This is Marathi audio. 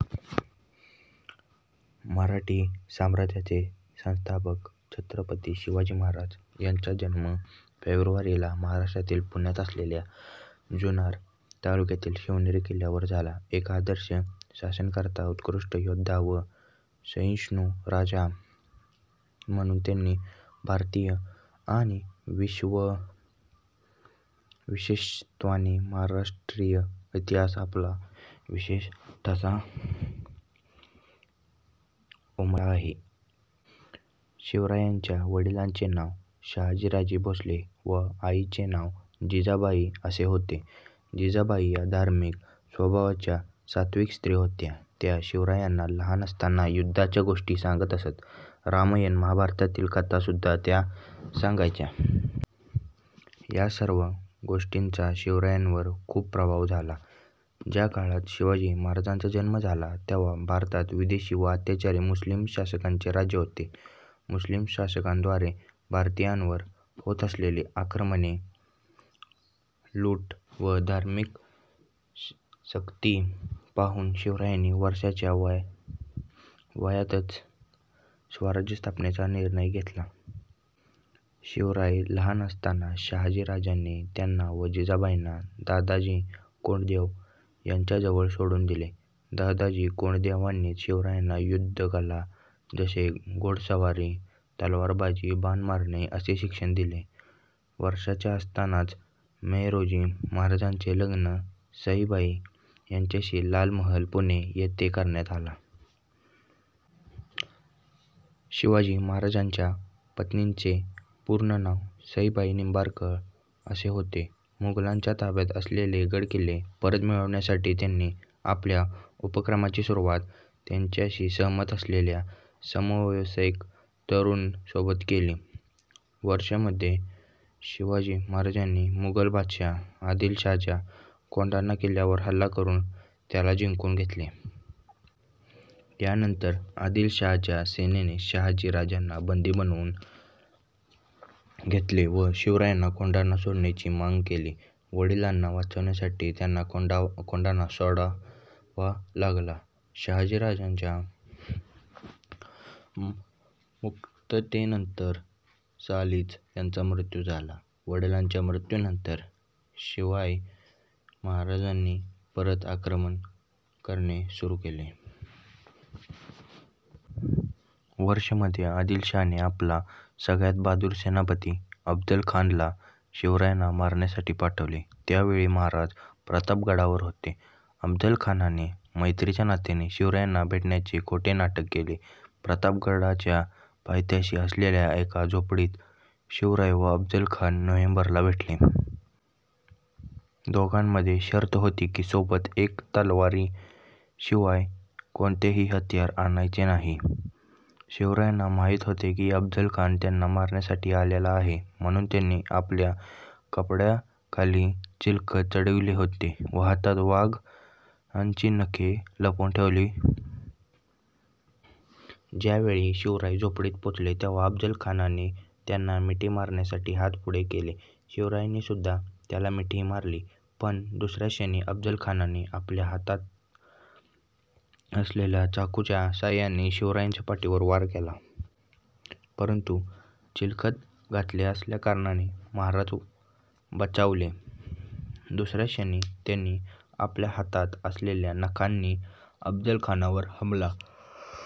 मराठी साम्राज्याचे संस्थापक छत्रपती शिवाजी महाराज यांचा जन्म फेब्रुवारी ला महाराष्ट्रातील पुण्यात असलेल्या जुन्नर तालुक्यातील शिवनेरी किल्ल्यावर झाला. एक आदर्श शासनकर्ता, उत्कृष्ट योद्धा व सहिष्णू राजा म्हणून त्यांनी भारतीय आणि विशेषत्वाने महाराष्ट्रीय इतिहासात आपला विशेष ठसा उमटवला आहे. शिवरायांच्या वडिलांचे नाव शहाजी राजे भोसले व आईचे नाव जिजाबाई असे होते. जिजाबाई या धार्मिक स्वभावाच्या सात्विक स्त्री होत्या, त्या शिवरायांना लहान असताना युद्धाच्या गोष्टी सांगत असत. रामायण महाभारतातील कथा सुद्धा त्या सांगायच्या. या सर्व गोष्टींचा शिवरायांवर खूप प्रभाव झाला. ज्या काळात शिवाजी महाराजांचा जन्म झाला तेव्हा भारतात विदेशी व अत्याचारी मुस्लिम शासकांचे राज्य होते. मुस्लीम शासकांद्वारे भारतीयांवर होत असलेली आक्रमणे, लूट व धार्मिक सक्ती पाहून शिवरायांनी वर्षाच्या वयातच स्वराज्य स्थापनेचा निर्णय घेतला. शिवराय लहान असताना शहाजी राजांनी त्यांना व जिजाबाईंना दादाजी कोंडदेव यांच्या जवळ सोडून दिले. दादाजी कोंडदेवानीच शिवरायांना युद्ध कला, जसे घोडस्वरी, तलवारबाजी, बान मारणे असे शिक्षण दिले. वर्षाच्या असताना मै रोजी महाराजांचे लग्न सईबाई यांच्याशी लाल महल पुणे येथे करण्यात आला. शिवाजी महाराज्यांच्या पत्नीचे चे पूर्ण नाव सईबाई निबळकर असे होते. मुघलांच्या ताब्यात असलेले गड किल्ले परत मिळवण्यासाठी त्यांनी आपल्या उपक्रमाची सुरुवात, त्यांच्याशी सहमत असलेल्या समवयस्क तरुणान सोबत केली. वर्ष मध्ये शिवाजी महाराजांनी मुघल बादशाह आदिलशाहच्या कोंढाणा किल्यावर हल्ला करून त्याला जिंकून घेतले. या नंतर आदिलशाह च्या सेनेने शहाजी राजांना बंदी बनून घेतले व शिवरायांना कोंढाणा सोडण्याची मांग केली. वडिलांना वाचवण्यासाठी त्यांना कोंढाणा सोडावा लागला. शाहजी राजाच्या मुक्ततेनंतर सालीच त्यांचा मृत्यू झाला. वडिलांच्या मृत्यूनंतर शिवाय महाराजांनी परत आक्रमण करणे सुरू केले. वर्ष मध्ये आदिलशाह ने आपला सगळ्यात बहादुर सेनापती अफजलखानाला शिवरायांना मारण्यासाठी पाठवले. त्या वेळी महाराज प्रतापगडावर होते. अफजलखानाने मैत्रीच्या नात्याने शिवरायांना भेटण्याचे खोटे नाटक केले. प्रतापगडाच्या पायथ्याशी असलेल्या एका झोपडीत शिवराय व अफजलखान नोव्हेंबर ला भेटले. दोघांमध्ये शर्त होती की सोबत एका तलवारी शिवाय कोणतेही हत्यार आणायचे नाही. शिवरायांना माहीत होते की अफजलखान त्यांना मारण्यासाठी आलेला आहे म्हणून त्यांनी आपल्या कपड्यांखाली चिलखत चढविले होते व हातात वाघाची नखे लपवून ठेवली. ज्या वेळी शिवराय झोपडीत पोहचले तेव्हा अफजल खानाने त्यांना मिठी मारण्यासाठी हाथ पुढे केले, शिवरायांनी सुद्धा त्याला मिठी मारली पण दुसऱ्याच क्षणी अफजल खानाने आपल्या हातात असलेल्या चाकूच्या सहायाने शिवरायांच्या पाठीवर वार केला. परंतु चिलखत घातले असल्याकारणाने महाराज बचावले. दुसऱ्याच क्षणी त्यांनी आपल्या हातात असलेल्या नखांनी अफजलखानावर हमला